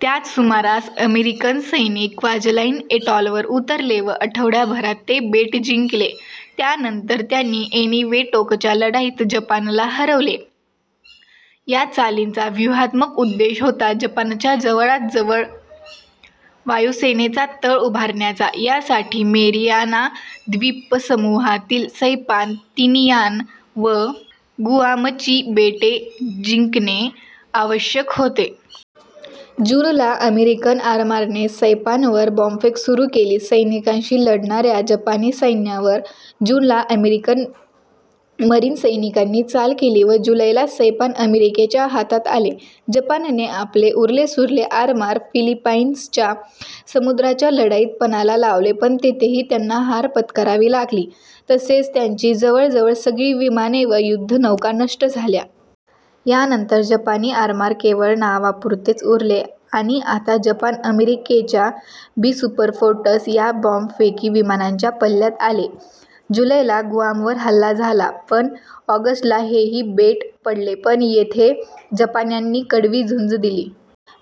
त्याच सुमारास अमेरिकन सैनिक क्वाजालाइन एटॉलवर उतरले व आठवड्याभरात ते बेट जिंकले. त्यानंतर त्यांनी एनिवेटोकच्या लढाईत जपानला हरवले. या चालींचा व्यूहात्मक उद्देश होता जपानच्या जवळातजवळ वायुसेनेचा तळ उभारण्याचा. यासाठी मेरियाना द्वीपसमूहातील सैपान, तिनियान व गुआमची बेटे जिंकणे आवश्यक होते. जून ला अमेरिकन आरमाराने सैपानवर बॉम्बफेक सुरू केली. सैनिकांनीशी लढणाऱ्या जपानी सैन्यावर जून ला अमेरिकन मरीन सैनिकांनी चाल केली व जुलै ला सैपान अमेरिकेच्या हातात आले. जपानने आपले उरलेसुरले आरमार फिलिपाईन्सच्या समुद्राच्या लढाईत पणाला लावले पण तेथेही त्यांना हार पत्करावी लागली तसेच त्यांची जवळजवळ सगळी विमाने व युद्धनौका नष्ट झाल्या. यानंतर जपानी आरमार केवळ नावापुरतेच उरले आणि आता जपान अमेरिकेच्या बी. सुपरफोर्ट्रेस या बॉम्बफेकी विमानांच्या पल्ल्यात आले. जुलै ला गुआमवर हल्ला झाला व ऑगस्ट ला हेही बेट पडले पण येथे जपान्यांनी कडवी झुंज दिली.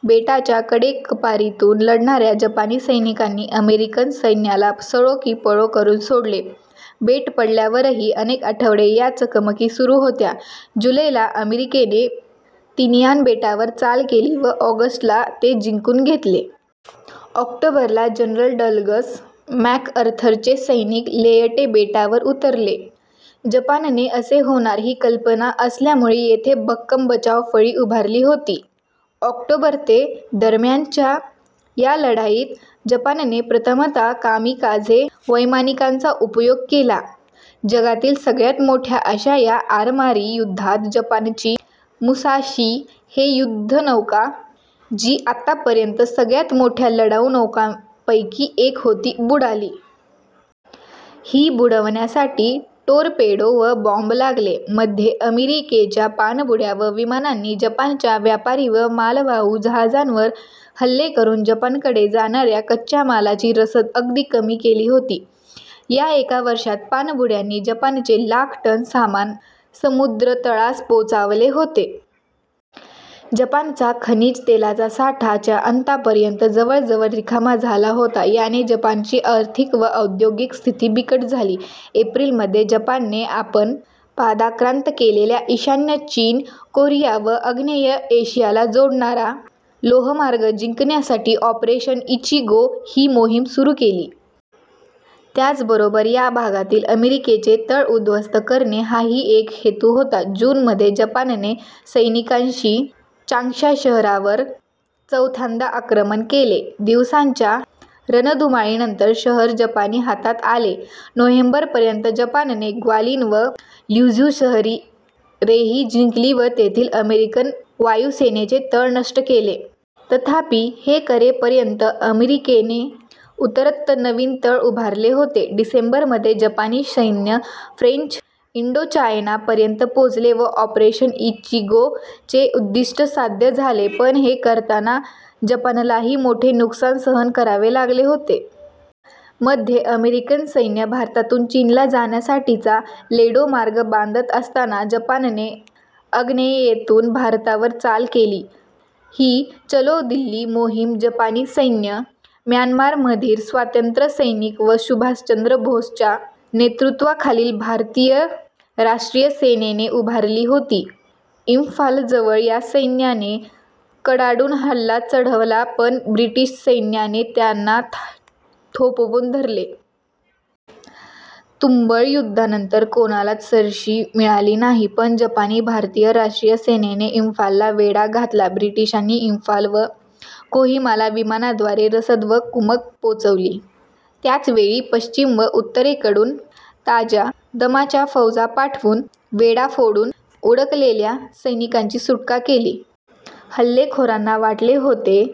बेटाच्या कडे-कपारींतून लढणाऱ्या जपानी सैनिकांनी अमेरिकन सैन्याला सळो की पळो करून सोडले. बेट पडल्यावरही अनेक आठवडे या चकमकी सुरू होत्या. जुलै ला अमेरिकेने तिनियान बेटावर चाल केली व ऑगस्ट ला ते जिंकून घेतले. ऑक्टोबर ला जनरल डग्लस मॅकआर्थरचे सैनिक लेयटे बेटावर उतरले. जपानने असे होणार ही कल्पना असल्यामुळे येथे भक्कम बचावफळी उभारली होती. ऑक्टोबर ते दरम्यानच्या या लढाईत जपानने प्रथमतः कामिकाझे वैमानिकांचा उपयोग केला. जगातील सगळ्यात मोठ्या अशा या आरमारी युद्धात जपानची मुसाशी हे युद्धनौका, जी आत्तापर्यंतच्या सगळ्यात मोठ्या लढाऊ नौकांपैकी एक होती, बुडाली. ही बुडवण्यासाठी टोरपेडो व बॉम्ब लागले. मध्ये अमेरिकेच्या पाणबुड्या व विमानांनी जपानच्या व्यापारी व मालवाहू जहाजांवर हल्ले करून जपानकडे जाणाऱ्या कच्च्या मालाची रसद अगदी कमी केली होती. या एका वर्षात पाणबुड्यांनी जपानचे लाख टन सामान समुद्रतळास पोचवले होते. जपानचा खनिज तेलाचा साठा च्या अंतापर्यंत जवळजवळ रिकामा झाला होता. याने जपानची आर्थिक व औद्योगिक स्थिती बिकट झाली. एप्रिल मध्ये जपानने आपण पादाक्रांत केलेल्या ईशान्य चीन, कोरिया व आग्नेय एशियाला जोडणारा लोहमार्ग जिंकण्यासाठी ऑपरेशन इचिगो ही मोहीम सुरू केली. त्याचबरोबर या भागातील अमेरिकेचे तळ उद्ध्वस्त करणे हाही एक हेतु होता. जून मध्ये जपानने सैनिकांनिशी चांग्शा शहरावर चौथ्यांदा आक्रमण केले. दिवसांच्या रणधुमाळीनंतर शहर जपानी हातात आले. नोव्हेंबर पर्यंत जपानने ग्विलिन व ल्युझू शहरेही जिंकली व तेथील अमेरिकन वायुसेनेचे तळ नष्ट केले. तथापि हे करेपर्यंत अमेरिकेने उतरत्त नवीन तळ उभारले होते. डिसेंबर मध्ये जपानी सैन्य फ्रेंच इंडोचायना पर्यंत पोचले व ऑपरेशन इचिगोचे उद्दिष्ट साध्य झाले पण हे करताना जपानलाही मोठे नुकसान सहन करावे लागले होते. मध्ये अमेरिकन सैन्य भारतातून चीनला जाण्यासाठीचा लेडो मार्ग बांधत असताना जपानने आग्नेयेतून भारतावर चाल केली. ही चलो दिल्ली मोहीम जपानी सैन्य, म्यानमारमधील स्वातंत्र्यसैनिक व सुभाषचंद्र बोसच्या नेतृत्वाखालील भारतीय राष्ट्रीय सेनेने उभारली होती. इंफालजवळ या सैन्याने कडाडून हल्ला चढवला पण ब्रिटिश सैन्याने त्यांना थोपवून धरले. तुंबळ युद्धानंतर कोणालाच सरशी मिळाली नाही पण जपानी/भारतीय राष्ट्रीय सेनेने इंफालला वेढा घातला. ब्रिटिशांनी इंफाल व कोहिमाला विमानाद्वारे रसद व कुमक पोचवली. त्याचवेळी पश्चिम व उत्तरेकडून ताज्या दमाच्या फौजा पाठवून वेढा फोडून अडकलेल्या सैन्याची सुटका केली. हल्लेखोरांना वाटले होते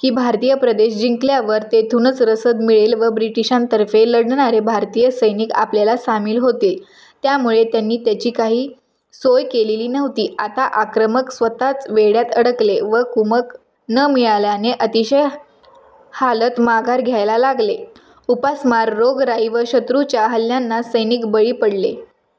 की भारतीय प्रदेश जिंकल्यावर तेथूनच रसद मिळेल व ब्रिटिशांतर्फे लढणारे भारतीय सैनिक आपल्याला सामील होतील, त्यामुळे त्यांनी त्याची काही सोय केलेली नव्हती. आता आक्रमक स्वतःच वेढ्यात अडकले व कुमक न मिळाल्याने अतिशय हालात माघार घ्यालला लागले. उपासमार, रोगराई व शत्रूच्या हल्ल्यांना सैनिक बळी पडले.